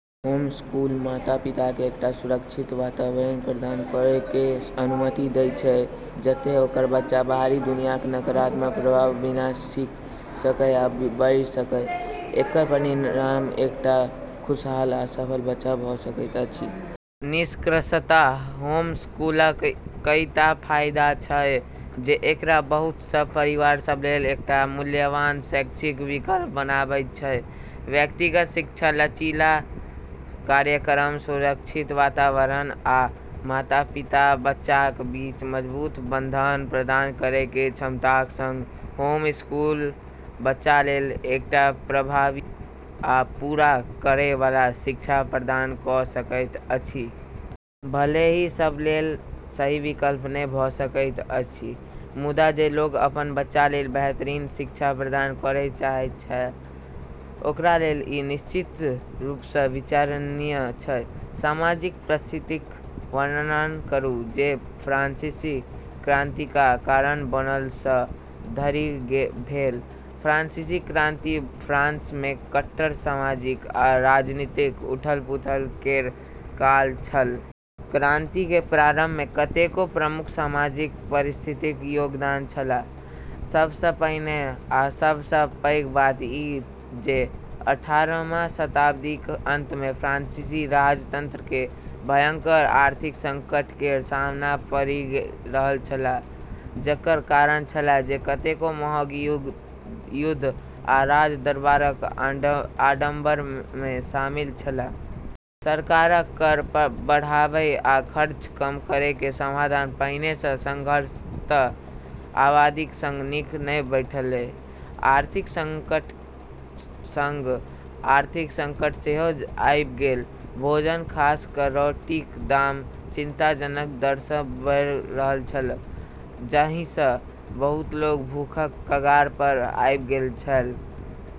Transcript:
Homeschool माता-पिताकेँ एकटा सुरक्षित वातावरण प्रदान करैके अनुमति दैत छै जतए ओकर बच्चा बाहरी दुनियाक नकारात्मक प्रभावक बिना सीख सकै आ बढ़ि सकै। एकर परिणाम एकटा खुशहाल आ सफल बच्चा भऽ सकैत अछि। निष्कर्षतः होमस्कूलक कईटा फायदा छै जे एकरा बहुत सँ परिवार सभलेल एकटा मूल्यवान शैक्षिक विकल्प बनाबैत छै। व्यक्तिगत शिक्षा, लचीला कार्यक्रम, सुरक्षित वातावरण, आ माता-पिता-बच्चाक बीच मजबूत बंधन प्रदान करैकेँ क्षमताक संग, होमस्कूल बच्चालेल एकटा प्रभावी आ पूरा करै वाला शिक्षा प्रदान कऽ सकैत अछि। भले ही ई सभलेल सही विकल्प नहि भऽ सकैत अछि, मुदा जे लोक अपन बच्चालेल बेहतरीन शिक्षा प्रदान करै चाहैत छै, ओकरालेल ई निश्चित रूपसँ विचारणीय छै। सामाजिक परिस्थितिक वर्णन करू जे फ्रांसीसी क्रांतिका कारण बनल सँ धरि भेल फ्रांसीसी क्रांति फ्रांसमे कट्टर सामाजिक आ राजनीतिक उथल-पुथल केर काल छल। क्रांतिकेँ प्रारंभमे कतेको प्रमुख सामाजिक परिस्थितिक योगदान छल। सबसँ पहिने आ सबसँ पैघ बात ई जे अठारहम शताब्दीक अंतमे फ्रांसीसी राजतंत्रकेँ भयंकर आर्थिक संकट केर सामना करै पड़ि रहल छल, जकर कारण छल जे कतेको महग युद्ध आ राजदरबारक आडंबरमे शामिल छल। सरकारक कर बढ़ाबै आ खर्च कम करैकेँ समाधान पहिनेसँ संघर्षरत आबादीक संग नीक नहि बैठलै। आर्थिक संकटक संग आर्थिक संकट सेहो आबि गेल। भोजन खास कऽ रोटीक दाम चिंताजनक दरसँ बढ़ि रहल छल, जाहिसँ बहुत लोक भूखक कगारपर आबि गेल छल।